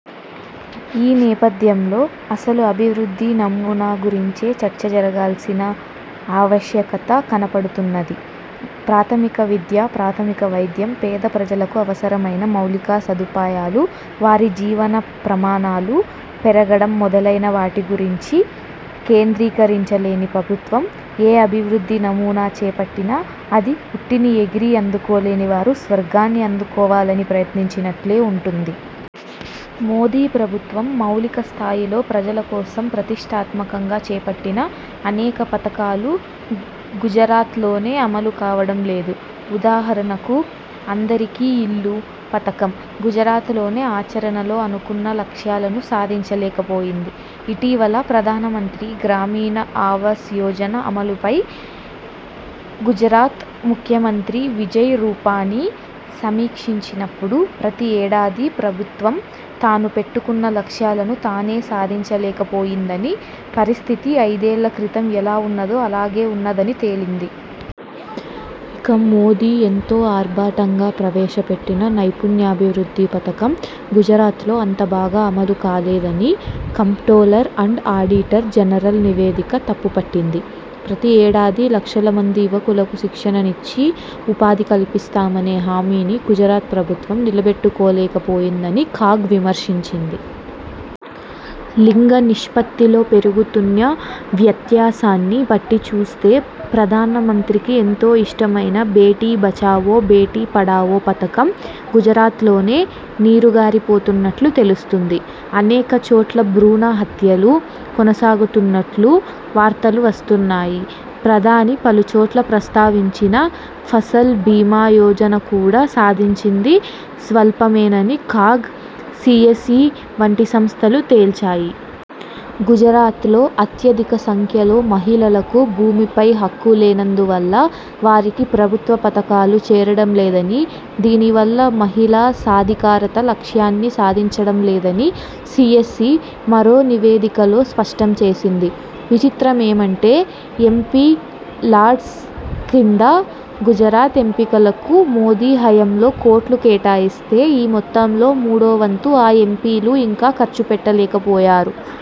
ఈ నేపథ్యంలో అసలు అభివృద్ధి నమూనా గురించే చర్చ జరగాల్సిన ఆవశ్యకత కనపడుతున్నది. ప్రాథమిక విద్య, ప్రాథమిక వైద్యం, పేద ప్రజలకు అవసరమైన మౌలిక సదుపాయాలు, వారి జీవన ప్రమాణాలు పెరగడం మొదలైన వాటి గురించి కేంద్రీకరించలేని ప్రభుత్వం ఏ అభివృద్ధి నమూనా చేపట్టినా అది ఉట్టిని ఎగిరి అందుకోలేని వారు స్వర్గాన్ని అందుకోవాలని ప్రయత్నించినట్లే ఉంటుంది. మోదీ ప్రభుత్వం మౌలిక స్థాయిలో ప్రజలకోసం ప్రతిష్టాత్మకంగా చేపట్టిన అనేక పథకాలు గుజరాత్లోనే అమలు కావడం లేదు. ఉదాహరణకు 'అందరికీ ఇళ్లు' పథకం గుజరాత్లోనే ఆచరణలో అనుకున్న లక్ష్యాలను సాధించలేకపోయింది. ఇటీవల ప్రధానమంత్రి గ్రామీణ ఆవాస్ యోజన అమలుపై గుజరాత్ ముఖ్యమంత్రి విజయ్ రూపానీ సమీక్షించినప్పుడు ప్రతి ఏడాదీ ప్రభుత్వం తాను పెట్టుకున్న లక్ష్యాలను తానే సాధించలేకపోయిందని, పరిస్థితి అయిదేళ్ల క్రితం ఎలా ఉన్నదో అలాగే ఉన్నదని తేలింది. ఇక మోదీ ఎంతో ఆర్భాటంగా ప్రవేశపెట్టిన నైపుణ్యాభివృద్ధి పథకం గుజరాత్లో అంత బాగా అమలు కాలేదని కంప్ట్రోలర్ అండ్ ఆడిటర్ జనరల్ నివేదిక తప్పు పట్టింది. ప్రతి ఏడాదీ లక్షల మంది యువకులకు శిక్షణ నిచ్చి ఉపాధి కల్పిస్తామనే హామీని గుజరాత్ ప్రభుత్వం నిలబెట్టుకోలేకపోయిందని కాగ్ విమర్శించింది. లింగ నిష్పత్తిలో పెరుగుతున్న వ్యత్యాసాన్ని బట్టి చూస్తే ప్రధానమంత్రికి ఎంతో ఇష్టమైన 'బేటీ బచావో– బేటీ పడావో' పథకం గుజరాత్లోనే నీరుగారిపోతున్నట్లు తెలుస్తోంది. అనేక చోట్ల భ్రూణ హత్యలు కొనసాగుతున్నట్లు వార్తలు వస్తున్నాయి. ప్రధాని పలుచోట్ల ప్రస్తావించిన ఫసల్ బీమాయోజన కూడా సాధించింది స్వల్పమేనని కాగ్, సీఎస్ఈ వంటి సంస్థలు తేల్చాయి. గుజరాత్లో అత్యధిక సంఖ్యలో మహిళలకు భూమిపై హక్కు లేనందువల్ల వారికి ప్రభుత్వ పథకాలు చేరడంలేదని, దీనివల్ల మహిళా సాధికారత లక్ష్యాన్ని సాధించడంలేదని సీఎస్ఈ మరో నివేదికలో స్పష్టం చేసింది. విచిత్రమేమంటే ఎంపీ లాడ్స్ క్రింద గుజరాత్ ఎంపీలకు మోదీ హయాంలో కోట్లు కేటాయిస్తే, ఈ మొత్తంలో మూడోవంతు ఆ ఎంపీలు ఇంకా ఖర్చుపెట్టలేకపోయారు.